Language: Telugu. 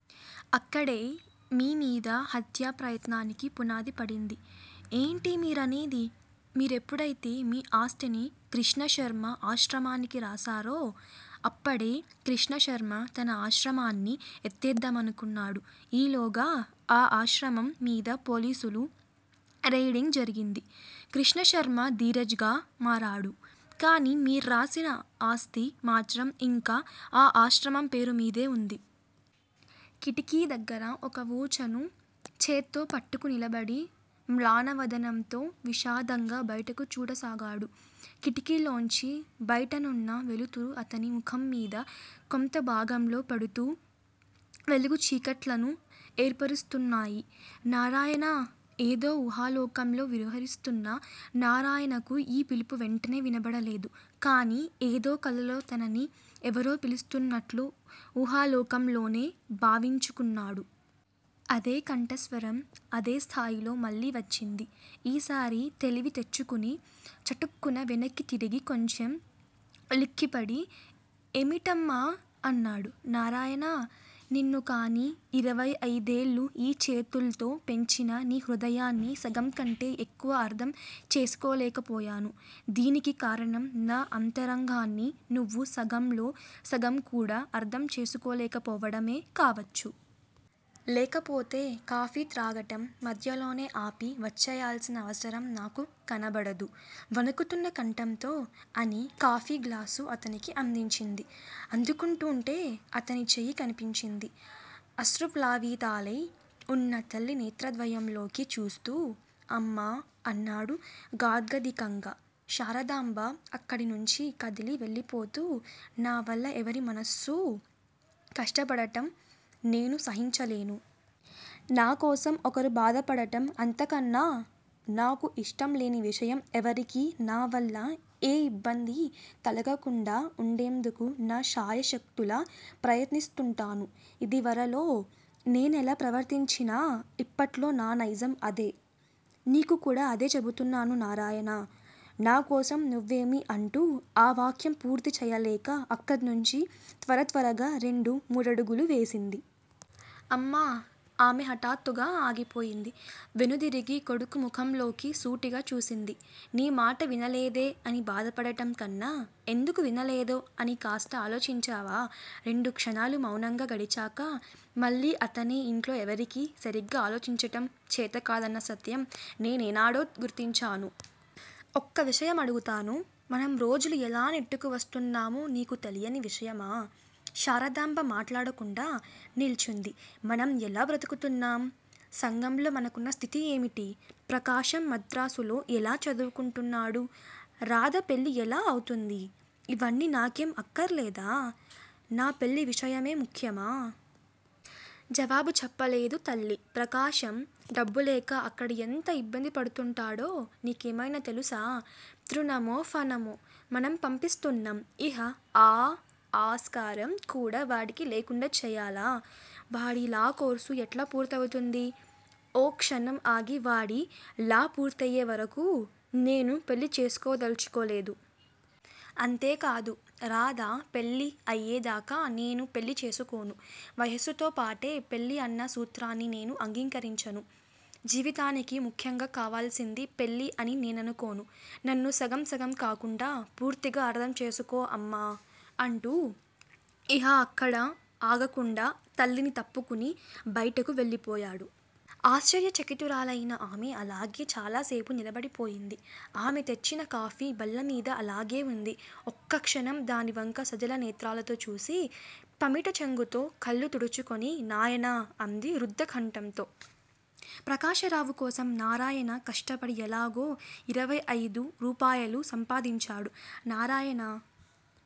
అక్కడే మీ మీద హత్యా ప్రయత్నానికి పునాది పడింది. ఏంటి మీరనేది? మీరెప్పుడైతే మీ ఆస్తిని కృష్ణశర్మ ఆశ్రమానికి రాసారో అప్పడే కృష్ణశర్మ తన ఆశ్రమాన్ని ఎత్తేద్దామనుకున్నాడు. ఈలోగా ఆ ఆశ్రమం మీద పోలీసులు రెయిడింగ్ జరిగింది. కృష్ణశర్మ ధీరజ్ గా మారాడు. కానీ మీర్రాసిన ఆస్తి మాత్రం ఇంకా ఆ ఆశ్రమం పేరు మీదే వుంది. కిటికీ దగ్గర ఒక వూచను చేత్తో పట్టుకు నిలబడి మ్లానవదనంతో విషాదంగా, బయటకు చూడసాగాడు, కిటికీలోంచి బయటనున్న వెలుతురు అతని ముఖంమీద కొంతభాగంలో పడుతూ వెలుగు చీకట్లను ఏర్పరుస్తున్నాయి. నారాయణా! ఏదో ఊహాలోకంలో విహరిస్తున్న నారాయణకు ఈ పిలుపు వెంటనే వినబడలేదు. కాని ఏదో కలలో తనని ఎవరో పిలుస్తున్నట్లు ఊహాలోకంలోనే భావించుకున్నాడు. అదే కంఠస్వరం అదేస్థాయిలో మళ్ళీ వచ్చింది. ఈసారి తెలివి తెచ్చుకుని చటుక్కున వెనక్కి తిరిగి కొంచెం ఉలిక్కిపడి ఏమిటమ్మా? అన్నాడు. నారాయణా! నిన్ను కాని యిరవైయైదేళ్ళు ఈ చేతుల్తో పెంచినా నీ హృదయాన్ని సగంకంటే యెక్కువ అర్థం చేసుకోలేకపోయాను. దీనికి కారణం నా అంతరంగాన్ని నువ్వు సగంలో సగంకూడా అర్థం చేసుకోలేకపోవడమే కావచ్చు. లేకపోతే కాఫీ త్రాగటం మధ్యలోనే ఆపి వచ్చేయల్సిన అవసరం నాకు కనబడదు వణుకుతున్న కంఠంతో అని కాఫీ గ్లాసు అతనికి అందించింది. అందుకుంటూంటే అతని చేయి కనిపించింది. అశ్రుప్లావితాలై వున్న తల్లి నేత్రద్వయంలోకి చూస్తూ అమ్మా! అన్నాడు గాద్గదికంగా. శారదాంబ అక్కడినుంచి కదిలి వెళ్ళిపోతూ నావల్ల యెవరి మనస్సూ కష్టపడటం నేను సహించలేను. నా కోసం ఒకరు బాధపడటం అంతకన్నా నాకు ఇష్టంలేని విషయం ఎవరికీ నావల్ల ఏ యిబ్బందీ కలగకుండా వుండేందుకు నా శాయశక్తులా ప్రయత్నిస్తుంటాను. ఇదివరలో నేనెలా ప్రవర్తించినా ఇప్పట్లో నా నైజం అదే. నీకు కూడా అదే చెబుతున్నాను నారాయణా! నా కోసం నువ్వేమీ అంటూ ఆ వాక్యం పూర్తి చేయలేక అక్కడ్నుంచి త్వరత్వరగా రెండు మూడడుగులు వేసింది. అమ్మా! ఆమె హఠాత్తుగా ఆగిపోయింది. వెనుదిగిరి కొడుకు ముఖంలోకి సూటిగా చూసింది. నీ మాట వినలేదే అని బాధపడటం కన్నా, ఎందుకు వినలేదో అని కాస్త ఆలోచించావా? రెండు క్షణాలు మౌనంగా గడిచాక మళ్ళీ అతనే ఇంట్లో ఎవరికీ సరిగ్గా ఆలోచించటం చేతకాదన్న సత్యం నే నేనాడో గుర్తించాను. ఒక్క విషయం అడుగుతాను. మనం రోజులు ఎలా నెట్టుకు వస్తున్నామో నీకు తెలియని విషయమా! శారదాంబ మాట్లాడకుండా నిల్చుంది. మనం ఎలా బ్రతుకుతున్నాం? సంఘంలో మనకున్న స్థితి ఏమిటి? ప్రకాశం మద్రాసులో ఎట్లా చదువుకుంటున్నాడు? రాధ పెళ్ళి ఎలా ఔతుందీ. ఇవన్నీ నాకేం అక్కర్లేదా? నా పెళ్ళి విషయమే ముఖ్యమా? జవాబు చెప్పలేదు తల్లి. ప్రకాశం డబ్బులేక అక్కడ ఎంత ఇబ్బంది పడుతుంటాడో నీకేమైనా తెలుసా? తృణమో, ఫణమో మనం పంపిస్తున్నాం. ఇహ- ఆ ఆస్కారం కూడా వాడికి లేకుండా చేయలా? వాడి లా కోర్సు యెట్లా పూర్తి అవుతుంది? ఓ క్షణం ఆగి వాడి లా పూర్తయేవరకూ నేను పెళ్ళిచేసుకోదలచుకోలేదు. అంతేకాదు; రాధ పెళ్ళి అయేదాకా నేను పెళ్ళి చేసుకోను. వయస్సుతోపాటే పెళ్ళి అన్న సూత్రాన్ని నేను అంగీకరించను. జీవితానికి ముఖ్యంగా కావలసింది పెళ్ళి అని నేననుకోను, నన్ను సగం సగం కాకుండా పూర్తిగా అర్థం చేసుకో అమ్మా! అంటూ ఇహ అక్కడ ఆగకుండా తల్లిని తప్పుకుని బయటకు వెళ్ళిపోయాడు. ఆశ్చర్య చకితురాలయిన ఆమె అలాగే చాలా సేపు నిలబడిపోయింది. ఆమె తెచ్చిన కాఫీ బల్లమీద అలాగే వుంది. ఒక్కక్షణం దాని వంక సజల నేత్రాలతో చూసి, పమిట చెంగుతో కళ్ళు తుడుచుకొని నాయనా అంది రుద్దకంఠంతో. ప్రకాశరావు కోసం నారాయణ కష్టపడి ఎలాగో ఇరవై అయిదు రూపాయలు సంపాదించాడు. నారాయణ